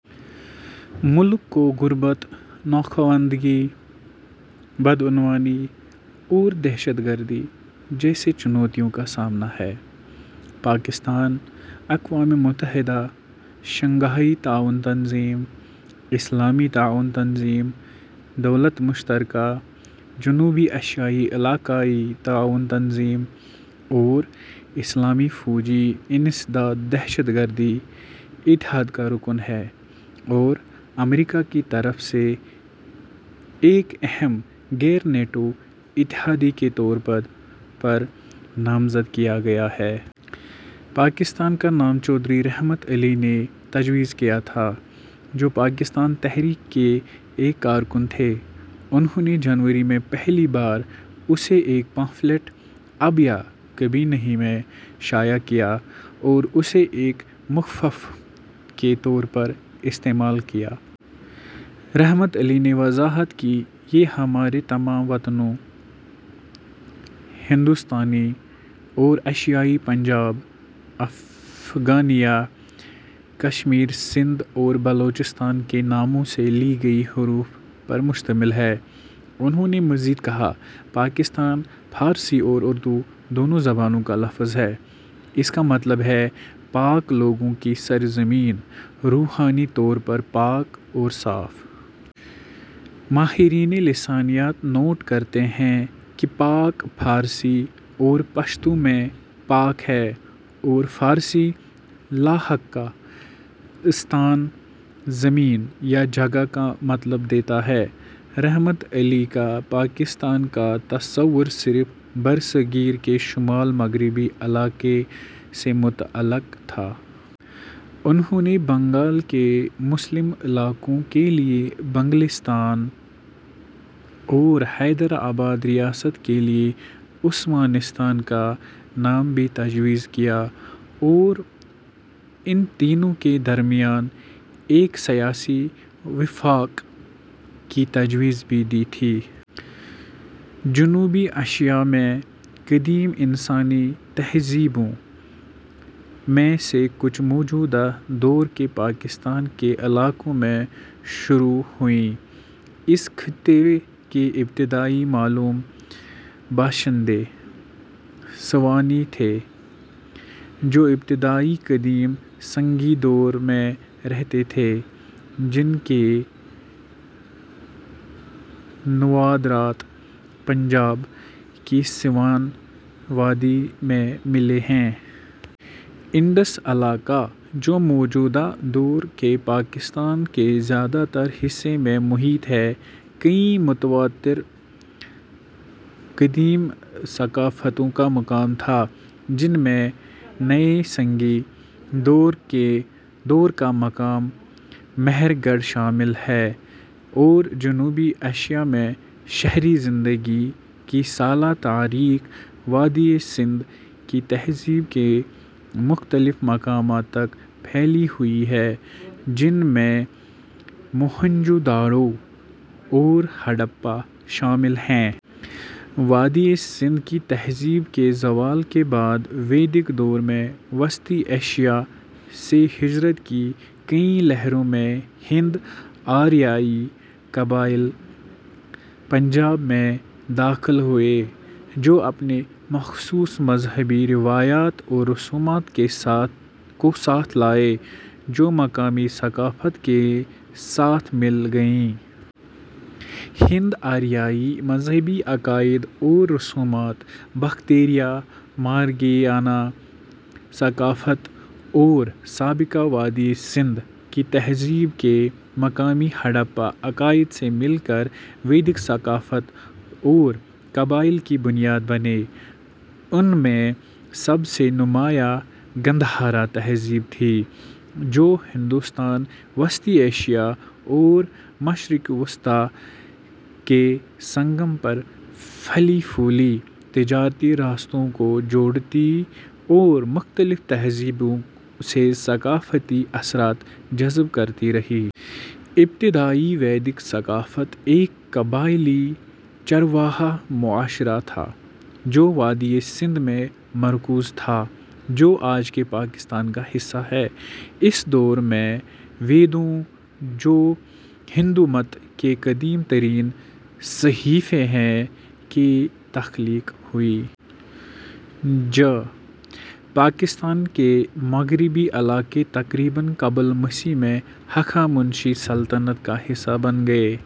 ملک کو غربت ، ناخواندگی ، بدعنوانی اور دہشت گردی جیسے چنوتیوں کا سامنا ہے۔ پاکستان اقوام متحدہ ، شنگھائی تعاون تنظیم ، اسلامی تعاون تنظیم ، دولت مشترکہ ، جنوبی ایشیائی علاقائی تعاون تنظیم اور اسلامی فوجی انسداد دہشت گردی اتحاد کا رکن ہے اور امریکا کی طرف سے ایک اہم غیر نیٹو اتحادی کے طور پر نامزد کیا گیا ہے۔ پاکستان کا نام چودھری رحمت علی نے تجویز کیا تھا، جو پاکستان تحریک کے ایک کارکن تھے۔ انھوں نے جنوری میں پہلی بار اسے ایک پمفلٹ " اب یا کبھی نہیں " میں شائع کیا اور اسے ایک مخفف کے طور پر استعمال کیا۔ رحمت علی نے وضاحت کی: "یہ ہمارے تمام وطنوں، ہندوستانی اور ایشیائی، پنجاب ، افغانیا ، کشمیر ، سندھ اور بلوچستان کے ناموں سے لی گئی حروف پر مشتمل ہے۔ " انھوں نے مزید کہا، "پاکستان فارسی اور اردو دونوں زبانوں کا لفظ ہے… اس کا مطلب ہے پاک لوگوں کی سرزمین، روحانی طور پر پاک اور صاف۔ " ماہرین لسانیات نوٹ کرتے ہیں کہ پاک فارسی اور پشتو میں 'پاک' ہے اور فارسی لاحقہ ـستان 'زمین' یا 'جگہ' کا مطلب دیتا ہے۔ رحمت علی کا پاکستان کا تصور صرف برصغیر کے شمال مغربی علاقے سے متعلق تھا۔ انھوں نے بنگال کے مسلم علاقوں کے لیے "بنگلستان" اور حیدرآباد ریاست کے لیے "عثمانستان" کا نام بھی تجویز کیا اور ان تینوں کے درمیان ایک سیاسی وفاق کی تجویز بھی دی تھی۔ جنوبی ایشیا میں قدیم انسانی تہذیبوں میں سے کچھ موجودہ دور کے پاکستان کے علاقوں سے شروع ہوئیں۔ اس خطے کے ابتدائی معلوم باشندے سوانی تھے جو ابتدائی قدیم سنگی دور میں رہتے تھے، جن کے نوادرات پنجاب کی سوان وادی میں ملے ہیں۔ انڈس علاقہ ، جو موجودہ دور کے پاکستان کے زیادہ تر حصے پر محیط ہے، کئیی متواتر قدیم ثقافتوں کا مقام تھا جن میں نیے سنگی دور کا مقام مہرگڑھ شامل ہے، اور جنوبی ایشیا میں شہری زندگی کی سالہ تاریخ وادی سندھ کی تہذیب کے مختلف مقامات تک پھیلی ہوئی ہے، جن میں موہنجو داڑو اور ہڑپہ شامل ہیں۔ وادی سندھ کی تہذیب کے زوال کے بعد، ویدک دور میں وسطی ایشیا سے ہجرت کی کئیی لہروں میں ہند-آریائی قبائل پنجاب میں داخل ہوئے، جو اپنے مخصوص مذہبی روایات اور رسومات کو ساتھ لائے جو مقامی ثقافت کے ساتھ مل گئیں۔ ہند-آریائی مذہبی عقائد اور رسومات، باختریا-مارگیانا ثقافت اور سابقہ وادی سندھ کی تہذیب کے مقامی ہڑپہ عقائد سے مل کر ویدک ثقافت اور قبائل کی بنیاد بنے۔ ان میں سب سے نمایاں گندھارا تہذیب تھی، جو ہندوستان، وسطی ایشیا اور مشرق وسطیٰ کے سنگم پر پھلی پھولی، تجارتی راستوں کو جوڑتی اور مختلف تہذیبوں سے ثقافتی اثرات جذب کرتی رہی۔ ابتدائی ویدک ثقافت ایک قبائلی، چرواہا معاشرہ تھا جو وادی سندھ میں مرکوز تھا، جو آج کے پاکستان کا حصہ ہے۔ اس دور میں ویدوں ، جو ہندو مت کے قدیم ترین صحیفے ہیں، کی تخلیق ہوئی۔ ج پاکستان کے مغربی علاقے تقریباً قبل مسیح میں ہخامنشی سلطنت کا حصہ بن گئے۔